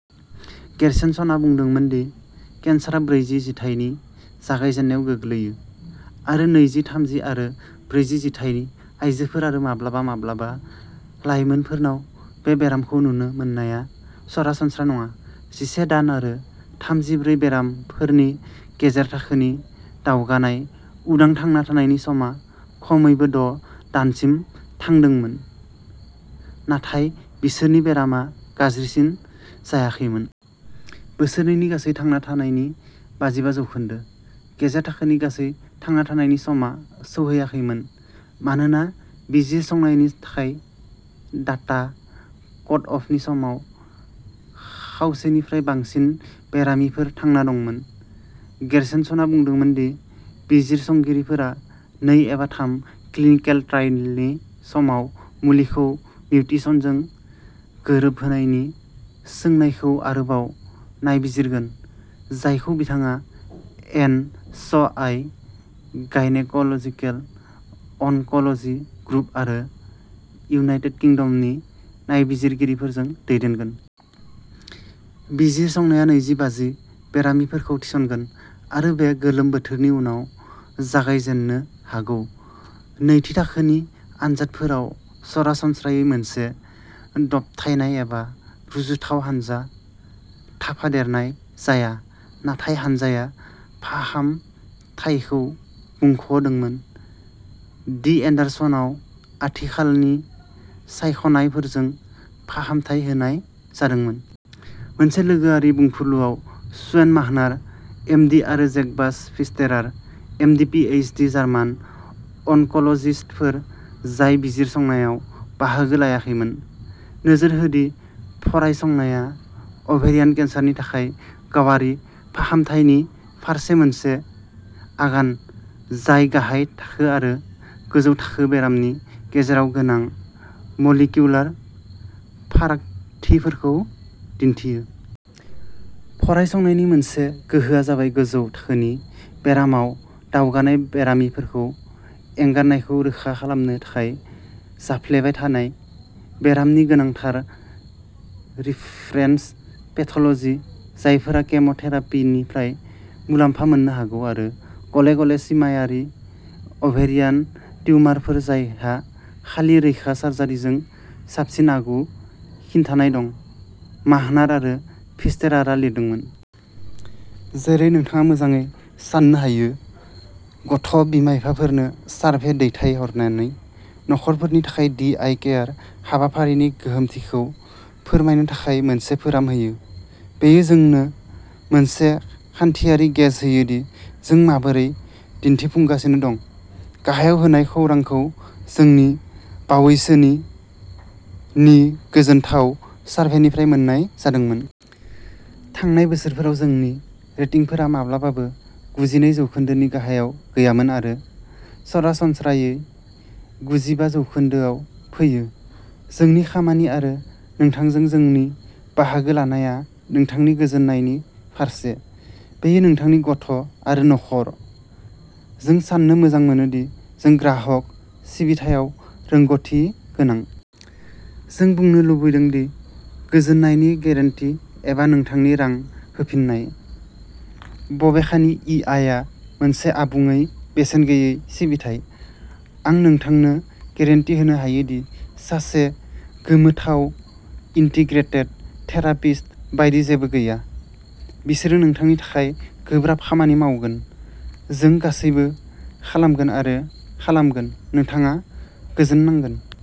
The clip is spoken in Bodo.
गेरशेनसनआ बुंदोंमोन दि केन्सारआ ब्रैजि जिथाइनि जागायजेन्नायाव गोग्लैयो, आरो नैजि, थामजि आरो ब्रैजि जिथाइनि आयजोफोर आरो माब्लाबा माब्लाबा लाइमोनफोरनाव बे बेरामखौ नुनो मोननाया सरासनस्रा नङा। जिसे दान आरो थामजिब्रै बेरामिफोर नि गेजेर थाखोनि दावगानाय उदां थांना थानायनि समा खमैबो द' दानसिम थांदोंमोन, नाथाय बिसोरनि बेरामा गाज्रिसिन जायाखैमोन। बोसोरनैनि गासै थांना थानायनि बाजिबा जौखोन्दो। गेजेर थाखोनि गासै थांना थानायनि समा सौहैाखैमोन, मानोना बिजिरसंनायनि थाखाय डाटा कटअफनि समाव खावसेनिफ्राय बांसिन बेरामिफोर थांना दंमोन। गेरशेनसनआ बुंदोंमोन दि बिजिरसंगिरिफोरा नै एबा थाम क्लिनिकेल ट्राइलनि समाव मुलिखौ मिउटेसनजों गोरोबहोनायनि सोंनायखौ आरोबाव नायबिजिरगोन, जायखौ बिथाङा N S I gynaecological oncology group आरो इउनाइटेड किंडमनि नायबिजिरगिरिफोरजों दैदेनगोन। बिजिरसंनाया नैजौ बाजि बेरामिफोरखौ थिसनगोन आरो बे गोलोम बोथोरनि उनाव जागायजेन्नो हागौ। नैथि थाखोनि आनजादफोराव सरासनस्रायै मोनसे दबथायनाय एबा रुजुथाय हानजा थाफादेरनाय जाया, नाथाय हानजाया फाहामथायखौ मुंख'दोंमोन। डि एन्डारसनआव आथिखालनि सायख'नायफोरजों फाहामथाय होनाय जादोंमोन। मोनसे लोगोआरि बुंफुरलुआव, स्वेन माहनार, एम डि आरो Jacobus Pfisterer, M D P H D German अनक'ल'जिस्टफोर जाय बिजिरसंनायाव बाहागो लायाखैमोन, नोजोर हो दि फरायसंनाया अभेरियान केन्सारनि थाखाय गावारि फाहामथायनि फारसे मोनसे आगान जाय गाहाय थाखो आरो गोजौ थाखो बेरामनि गेजेराव गोनां मलिकिउलार फारागथिफोरखौ दिन्थियो। "फरायसंनायनि मोनसे गोहोआ जाबाय गोजौ थाखोनि बेरामाव दावगानाय बेरामिफोरखौ एंगारनायखौ रोखा खालामनो थाखाय जाफ्लेबाय थानाय बेरामनि गोनांथार रिफरेन्स पेथ'ल'जि, जायफोरा केम'थेरापिनिफ्राय मुलाम्फा मोननो हागौ आरो गले-गले सिमाआरि अभेरियान टिउमारफोर जायहा खालि रैखा सार्जारिजों साबसिन आगु खिन्थानाय दं", माहनार आरो फिस्टेरारा लिरदोंमोन। जेरै नोंथाङा मोजाङै सान्नो हायो, गथ' बिमा-बिफाफोरनो सारभे दैथायहरनानै नखरफोरनि थाखाय दि आइ केयार हाबाफारिनि गोहोमथिखौ फोरमायनो थाखाय मोनसे फोराम होयो। बेयो जोंनो मोनसे खान्थियारि गेज होयो दि जों माबोरै दिन्थिफुंगासिनो दं। गाहायाव होनाय खौरांखौ जोंनि बावैसोनि नि गोजोनथाव सारभेनिफ्राय मोन्नाय जादोंमोन। थांनाय बोसोरफोराव जोंनि रेटिंफोरा माब्लाबाबो गुजिनै जौखोन्दोनि गाहायाव गैयामोन आरो सरासनस्रायै गुजिबा जौखोन्दोआव फैयो। जोंनि खामानि आरो नोंथांजों जोंनि बाहागो लानाया नोंथांनि गोजोननायनि फारसे। बेयो नोंथांनि गथ' आरो नखर। जों साननो मोजां मोनो दि जों ग्राहक सिबिथायाव रोंग'थिगोनां। जों बुंनो लुबैदों दि गोजोननायनि गेरेन्टि एबा नोंथांनि रां होफिननाय। बबेखानि, इ आइ आ मोनसे आबुङै बेसेन गैयै सिबिथाइ। आं नोंथांनो गेरेन्टि होनो हायो दि सासे गोमोथाव इन्टिग्रेटेड थेरापिस्ट बायदि जेबो गैया। बिसोरो नोंथांनि थाखाय गोब्राब खामानि मावगोन। जों गासैबो खालामगोन आरो खालामगोन। नोंथाङा गोजोननांगोन।